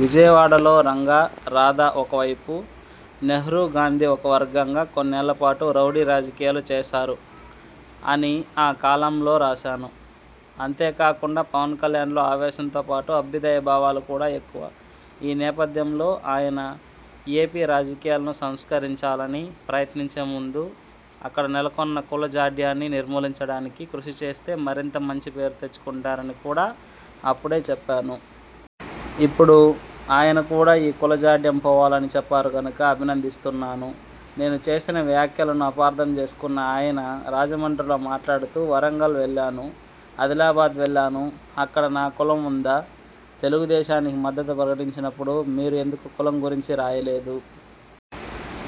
"విజయవాడలో రంగా, రాధా ఒకవైపు, నెహ్రూ, గాంధీ ఒక వర్గంగా కొన్నేళ్ల పాటు రౌడీ రాజకీయాలు చేశారు'' అని ఆ కాలమ్లో రాశాను. అంతే కాకుండా పవన్ కల్యాణ్ లో ఆవేశంతోపాటు, అభ్యుదయ భావాలు కూడా ఎక్కువ. ఈ నేపథ్యంలో ఆయన ఏపీ రాజకీయాలను సంస్కరించాలని ప్రయత్నించే ముందు అక్కడ నెలకొన్న కుల జాడ్యాన్ని నిర్మూలించడానికి కృషి చేస్తే మరింత మంచి పేరు తెచ్చుకుంటారని కూడా అప్పుడే చెప్పాను. ఇప్పుడు ఆయన కూడా ఈ కుల జాడ్యం పోవాలని చెప్పారు కనుక అభినందిస్తున్నాను. నేను చేసిన వ్యాఖ్యలను అపార్థం చేసుకున్న ఆయన రాజమండ్రిలో మాట్లాడుతూ, ''వరంగల్ వెళ్లాను. ఆదిలాబాద్ వెళ్లాను. అక్కడ నా కులం ఉందా? తెలుగుదేశానికి మద్దతు ప్రకటించినప్పుడు మీరు ఎందుకు కులం గురించి రాయలేదు.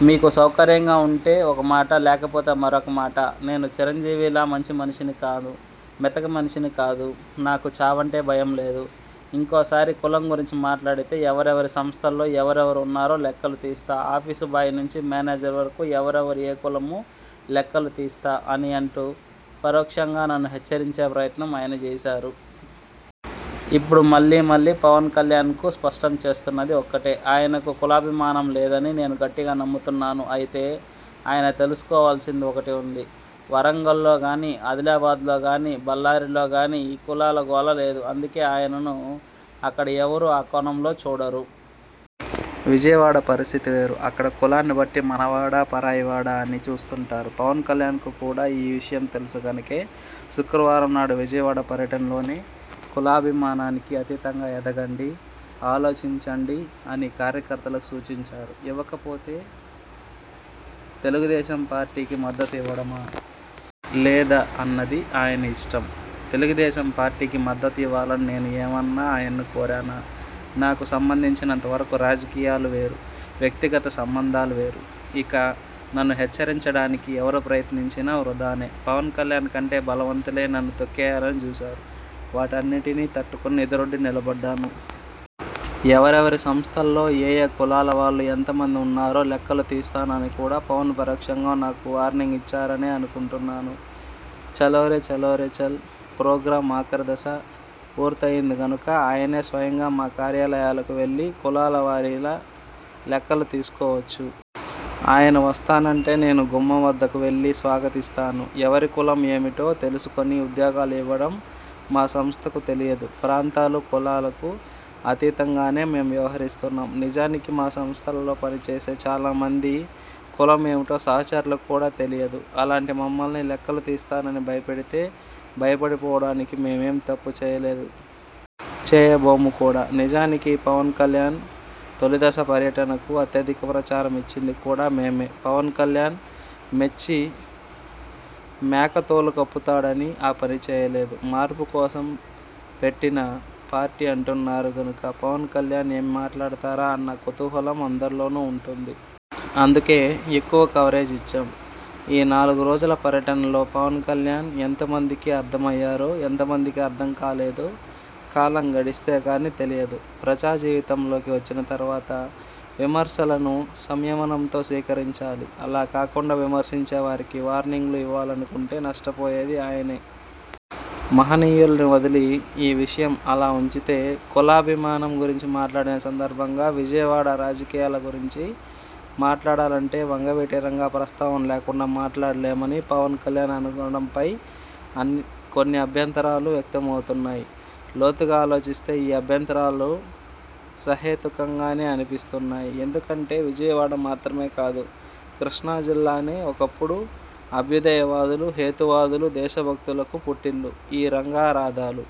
మీకు సౌకర్యంగా ఉంటే ఒక మాట. లేకపోతే మరొక మాటా? నేను చిరంజీవిలా మంచి మనిషిని కాదు. మెతక మనిషిని కాదు. నాకు చావంటే భయం లేదు. ఇంకోసారి కులం గురించి మాట్లాడితే ఎవరెవరి సంస్థల్లో ఎవరెవరు ఉన్నారో లెక్కలు తీస్తా. ఆఫీసు బాయ్ నుంచి మేనేజర్ వరకు ఎవరెవరు ఏ కులమో లెక్కలు తీస్తా'' అని అంటూ పరోక్షంగా నన్ను హెచ్చరించే ప్రయత్నం ఆయన చేశారు. ఇప్పుడు మళ్లీ మళ్లీ పవన్ కల్యాణ్కు స్పష్టం చేస్తున్నది ఒక్కటే! ఆయనకు కులాభిమానం లేదని నేను గట్టిగా నమ్ముతున్నాను. అయితే ఆయన తెలుసుకోవలసింది ఒకటి ఉంది. వరంగల్లో గానీ, ఆదిలాబాద్లో గానీ, బళ్లారిలో గానీ ఈ కులాల గోల లేదు. అందుకే ఆయనను అక్కడ ఎవరూ ఆ కోణంలో చూడరు. విజయవాడ పరిస్థితి వేరు! అక్కడ కులాన్ని బట్టి మనవాడా పరాయి వాడా అని చూస్తుంటారు. పవన్ కల్యాణ్కు కూడా ఈ విషయం తెలుసు కనుకే శుక్రవారంనాడు విజయవాడ పర్యటనలోనే కులాభిమానానికి అతీతంగా ఎదగండి, ఆలోచించండి అని కార్యకర్తలకు సూచించారు. ఇకపోతే తెలుగుదేశం పార్టీకి మద్దతు ఇవ్వడమా? లేదా? అన్నది ఆయన ఇష్టం. తెలుగుదేశంపార్టీకి మద్దతు ఇవ్వాలని నేను ఏమన్నా ఆయనను కోరానా? నాకు సంబంధించినంత వరకు రాజకీయాలు వేరు. వ్యక్తిగత సంబంధాలు వేరు. ఇక నన్ను హెచ్చరించడానికి ఎవరు ప్రయత్నించినా వృథానే! పవన్ కల్యాణ్ కంటే బలవంతులే నన్ను తొక్కేయాలని చూశారు. వాటన్నింటినీ తట్టుకుని ఎదురొడ్డి నిలబడ్డాను. ఎవరెవరి సంస్థల్లో ఏయే కులాల వాళ్లు ఎంత మంది ఉన్నారో లెక్కలు తీస్తాను అని కూడా పవన్ పరోక్షంగా నాకు వార్నింగ్ ఇచ్చారనే అనుకుంటున్నాను. 'చలోరే చలోరే చల్' ప్రోగ్రామ్ ఆఖరి దశ పూర్తయ్యింది కనుక ఆయనే స్వయంగా మా కార్యాలయాలకు వెళ్లి కులాల వారీలా లెక్కలు తీసుకోవచ్చు. ఆయన వస్తానంటే నేనే గుమ్మం వద్దకు వెళ్లి స్వాగతిస్తాను. ఎవరి కులం ఏమిటో తెలుసుకుని ఉద్యోగాలు ఇవ్వడం మా సంస్థకు తెలియదు. ప్రాంతాలు, కులాలకు అతీతంగానే మేం వ్యవహరిస్తున్నాం. నిజానికి మా సంస్థలలో పనిచేసే చాలా మంది కులం ఏమిటో సహచరులకు కూడా తెలియదు. అలాంటి మమ్మల్ని లెక్కలు తీస్తానని భయపెడితే భయపడి పోవడానికి మేం ఏ తప్పూ చేయలేదు. చేయబోము కూడా! నిజానికి పవన్ కల్యాణ్ తొలి దశ పర్యటనకు అత్యధిక ప్రచారం ఇచ్చింది కూడా మేమే! పవన్ కల్యాణ్ మెచ్చి మేక తోలు కప్పుతాడని ఆ పని చేయలేదు. మార్పు కోసం పెట్టిన పార్టీ అంటున్నారు కనుక పవన్ కల్యాణ్ ఏమి మాట్లాడతారా అన్న కుతూహలం అందరిలోనూ ఉంటుంది. అందుకే ఎక్కువ కవరేజ్ ఇచ్చాం. ఈ నాలుగు రోజుల పర్యటనలో పవన్ కల్యాణ్ ఎంతమందికి అర్థమయ్యారో, ఎంత మందికి అర్థం కాలేదో కాలం గడిస్తే కానీ తెలియదు. ప్రజా జీవితంలోకి వచ్చిన తర్వాత విమర్శలను సంయమనంతో స్వీకరించాలి. అలా కాకుండా విమర్శించే వారికి వార్నింగ్లు ఇవ్వాలనుకుంటే నష్టపోయేది ఆయనే! మహనీయుల్ని వదిలి.. ఈ విషయం అలా ఉంచితే, కులాభిమానం గురించి మాట్లాడిన సందర్భంగా విజయవాడ రాజకీయాల గురించి మాట్లాడాలంటే వంగవీటి రంగా ప్రస్తావన లేకుండా మాట్లాడలేమని పవన్ కల్యాణ్ అనుకొనడంపై అన్ కొన్ని అభ్యంతరాలు వ్యక్తమవుతున్నాయి. లోతుగా ఆలోచిస్తే ఈ అభ్యంతరాలు సహేతుకంగానే అనిపిస్తున్నాయి. ఎందుకంటే విజయవాడ మాత్రమే కాదు, కృష్ణా జిల్లానే ఒకప్పుడు అభ్యుదయవాదులు, హేతువాదులు, దేశభక్తులకు పుట్టిల్లు. ఈ రంగా-రాధాలు,